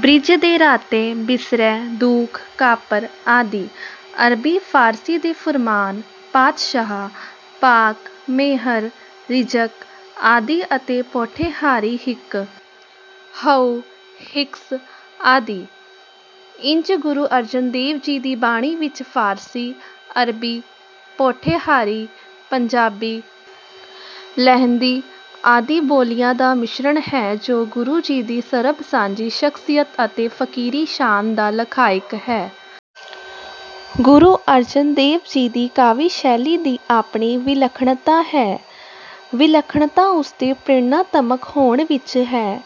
Bridge ਦੇ ਰਾਤੇ, ਬਿਸਰੈ, ਦੂਖ, ਕਾਪਰ ਆਦਿ। ਅਰਬੀ ਫ਼ਾਰਸੀ ਦੇ ਫੁਰਮਾਨ, ਪਾਤਸ਼ਾਹ, ਪਾਕ, ਮਿਹਰ, ਰਿਜ਼ਕ ਆਦਿ ਅਤੇ ਪੋਠੋਹਾਰੀ ਹਿਕ, ਹਉ, ਹਿਕਸ ਆਦਿ। ਇੰਝ ਗੁਰੂ ਅਰਜਨ ਦੇਵ ਜੀ ਦੀ ਬਾਣੀ ਵਿੱਚ ਫ਼ਾਰਸੀ, ਅਰਬੀ, ਪੋਠੋਹਾਰੀ, ਪੰਜਾਬੀ ਅਤੇ ਲਹਿੰਦੀ ਆਦਿ ਬੋਲੀਆਂ ਦਾ ਮਿਸ਼ਰਨ ਹੈ ਜੋ ਗੁਰੂ ਜੀ ਦੀ ਸਰਬ ਸਾਂਝੀ ਸ਼ਖ਼ਸੀਅਤ ਅਤੇ ਫ਼ਕੀਰੀ ਸ਼ਾਨ ਦਾ ਲਖਾਇਕ ਹੈ। ਗੁਰੂ ਅਰਜਨ ਦੇਵ ਜੀ ਦੀ ਕਾਵਿ ਸ਼ੈਲੀ ਦੀ ਆਪਣੀ ਵਿਲੱਖਣਤਾ ਹੈ। ਵਿਲੱਖਣਤਾ ਉਸਦੇ ਪ੍ਰੇਰਣਾਤਮਕ ਹੋਣ ਵਿੱਚ ਹੈ।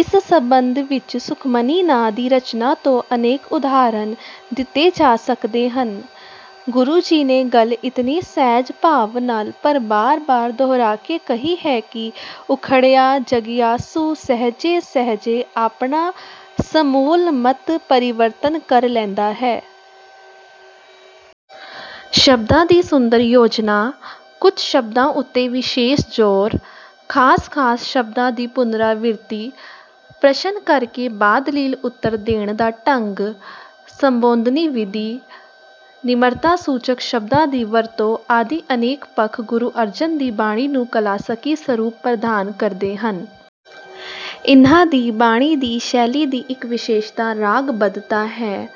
ਇਸ ਸਬੰਧ ਵਿੱਚ ਸੁਖਮਨੀ ਨਾਂ ਦੀ ਰਚਨਾ ਤੋਂ ਅਨੇਕ ਉਦਾਹਰਨ ਦਿੱਤੇ ਜਾ ਸਕਦੇ ਹਨ। ਗੁਰੂ ਜੀ ਨੇ ਗੱਲ ਇਤਨੇ ਸਹਿਜ ਭਾਵ ਨਾਲ ਪਰ ਬਾਰ ਬਾਰ ਦੋਹਰਾ ਕੇ ਕਹੀ ਹੈ ਕਿ ਉਖੜਿਆ ਜਗਿਆਸੂ ਸਹਿਜੇ ਸਹਿਜੇ ਆਪਣਾ ਸਮੂਲ ਮਤ ਪਰਿਵਰਤਨ ਕਰ ਲੈਂਦਾ ਹੈ। ਸ਼ਬਦਾਂ ਦੀ ਸੁੰਦਰ ਯੋਜਨਾ, ਕੁਝ ਸ਼ਬਦਾਂ ਉੱਤੇ ਵਿਸ਼ੇਸ਼ ਜ਼ੋਰ, ਖਾਸ ਖਾਸ ਸ਼ਬਦਾਂ ਦੀ ਪੁਨਰਾਵ੍ਰਿਤੀ, ਪ੍ਰਸ਼ਨ ਕਰਕੇ ਬਾਦਲੀਲ ਉਤਰ ਦੇਣ ਦਾ ਢੰਗ, ਸੰਬੋਧਨੀ ਵਿਧੀ, ਨਿਮਰਤਾ ਸੂਚਕ ਸ਼ਬਦਾਂ ਦੀ ਵਰਤੋਂ ਆਦਿ ਅਨੇਕ ਪੱਖ ਗੁਰੂ ਅਰਜਨ ਦੀ ਬਾਣੀ ਨੂੰ ਕਲਾਸਕੀ ਸਰੂਪ ਪ੍ਰਦਾਨ ਕਰਦੇ ਹਨ। ਇਨ੍ਹਾਂ ਦੀ ਬਾਣੀ ਦੀ ਸ਼ੈਲੀ ਦੀ ਇੱਕ ਵਿਸ਼ੇਸ਼ਤਾ ਰਾਗ ਬੱਧਤਾ ਹੈ।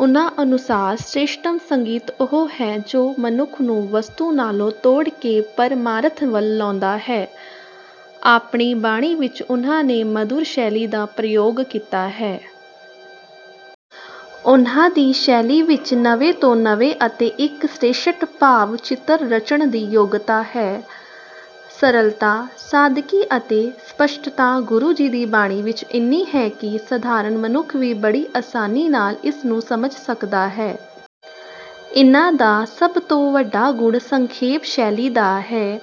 ਉਨ੍ਹਾਂ ਅਨੁਸਾਰ ਸ੍ਰੇਸ਼ਟਤਮ ਸੰਗੀਤ ਉਹ ਹੈ ਜੋ ਮਨੁੱਖ ਨੂੰ ਵਸਤੂ ਨਾਲੋਂ ਤੋੜ ਕੇ ਪਰਮਾਰਥ ਵੱਲ ਲਾਉਂਦਾ ਹੈ। ਆਪਣੀ ਬਾਣੀ ਵਿੱਚ ਉਨ੍ਹਾਂ ਨੇ ਮਧੁਰ ਸ਼ੈਲੀ ਦਾ ਪ੍ਰਯੋਗ ਕੀਤਾ ਹੈ। ਉਨ੍ਹਾਂ ਦੀ ਸ਼ੈਲੀ ਵਿੱਚ ਨਵੇਂ ਤੋਂ ਨਵੇਂ ਅਤੇ ਇੱਕ ਸ਼੍ਰੇਸਟ ਭਾਵ ਚਿੱਤਰ ਰਚਣ ਦੀ ਯੋਗਤਾ ਹੈ। ਸਰਲਤਾ, ਸਾਦਗੀ ਅਤੇ ਸਪਸ਼ਟਤਾ ਗੁਰੂ ਜੀ ਦੀ ਬਾਣੀ ਵਿੱਚ ਇੰਨੀ ਹੈ ਕਿ ਸਧਾਰਨ ਮਨੁੱਖ ਵੀ ਬੜੀ ਆਸਾਨੀ ਨਾਲ ਇਸ ਨੂੰ ਸਮਝ ਸਕਦਾ ਹੈ। ਇਨ੍ਹਾਂ ਦਾ ਸਭ ਤੋਂ ਵੱਡਾ ਗੁਣ ਸੰਖੇਪ ਸ਼ੈਲੀ ਦਾ ਹੈ।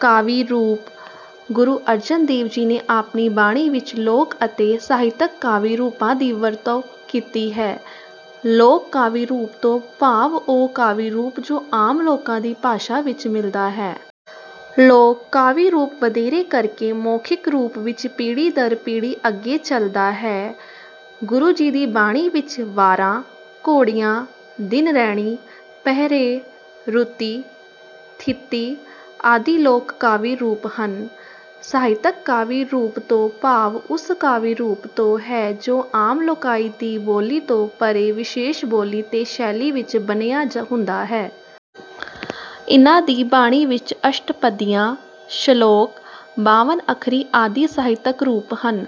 ਕਾਵਿ ਰੂਪ: ਗੁਰੂ ਅਰਜਨ ਦੇਵ ਜੀ ਨੇ ਆਪਣੀ ਬਾਣੀ ਵਿੱਚ ਲੋਕ ਅਤੇ ਸਾਹਿਤਕ ਕਾਵਿ ਰੂਪਾਂ ਦੀ ਵਰਤੋਂ ਕੀਤੀ ਹੈ। ਲੋਕ ਕਾਵਿ ਰੂਪ ਤੋਂ ਭਾਵ ਉਹ ਕਾਵਿ ਰੂਪ ਜੋ ਆਮ ਲੋਕਾਂ ਦੀ ਭਾਸ਼ਾ ਵਿੱਚ ਮਿਲਦਾ ਹੈ। ਲੋਕ ਕਾਵਿ ਰੂਪ ਵਧੇਰੇ ਕਰਕੇ ਮੌਖਿਕ ਰੂਪ ਵਿੱਚ ਪੀੜ੍ਹੀ ਦਰ ਪੀੜ੍ਹੀ ਅੱਗੇ ਚਲਦਾ ਹੈ। ਗੁਰੂ ਜੀ ਦੀ ਬਾਣੀ ਵਿੱਚ ਵਾਰਾਂ, ਘੋੜੀਆਂ, ਦਿਨ ਰੈਣਿ, ਪਹਿਰੇ, ਰੁਤੀ, ਥਿਤੀ ਆਦਿ ਲੋਕ ਕਾਵਿ ਰੂਪ ਹਨ। ਸਾਹਿਤਕ ਕਾਵਿ ਰੂਪ ਤੋਂ ਭਾਵ ਉਸ ਕਾਵਿ ਰੂਪ ਤੋਂ ਹੈ ਜੋ ਆਮ ਲੋਕਾਈ ਦੀ ਬੋਲੀ ਤੋਂ ਪਰ੍ਹੇ ਵਿਸ਼ੇਸ਼ ਬੋਲੀ ਤੇ ਸ਼ੈਲੀ ਵਿੱਚ ਬੰਨ੍ਹਿਆ ਹੁੰਦਾ ਹੈ। ਇਨ੍ਹਾਂ ਦੀ ਬਾਣੀ ਵਿੱਚ ਅਸ਼ਟਪਦੀਆਂ, ਸ਼ਲੋਕ, ਬਾਵਨ ਅੱਖਰੀ ਆਦਿ ਸਾਹਿਤਕ ਰੂਪ ਹਨ।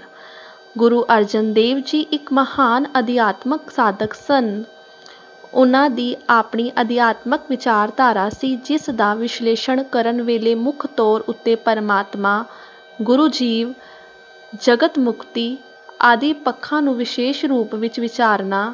ਗੁਰੂ ਅਰਜਨ ਦੇਵ ਜੀ ਇੱਕ ਮਹਾਨ ਅਧਿਆਤਮਕ ਸਾਧਕ ਸਨ। ਉਨ੍ਹਾਂ ਦੀ ਆਪਣੀ ਅਧਿਆਤਮਕ ਵਿਚਾਰਧਾਰਾ ਸੀ ਜਿਸ ਦਾ ਵਿਸ਼ਲੇਸ਼ਣ ਕਰਨ ਵੇਲੇ ਮੁੱਖ ਤੌਰ ਉੱਤੇ ਪਰਮਾਤਮਾ, ਗੁਰੂ, ਜੀਵ, ਜਗਤ, ਮੁਕਤੀ ਆਦਿ ਪੱਖਾਂ ਨੂੰ ਵਿਸ਼ੇਸ਼ ਰੂਪ ਵਿੱਚ ਵਿਚਾਰਨਾ...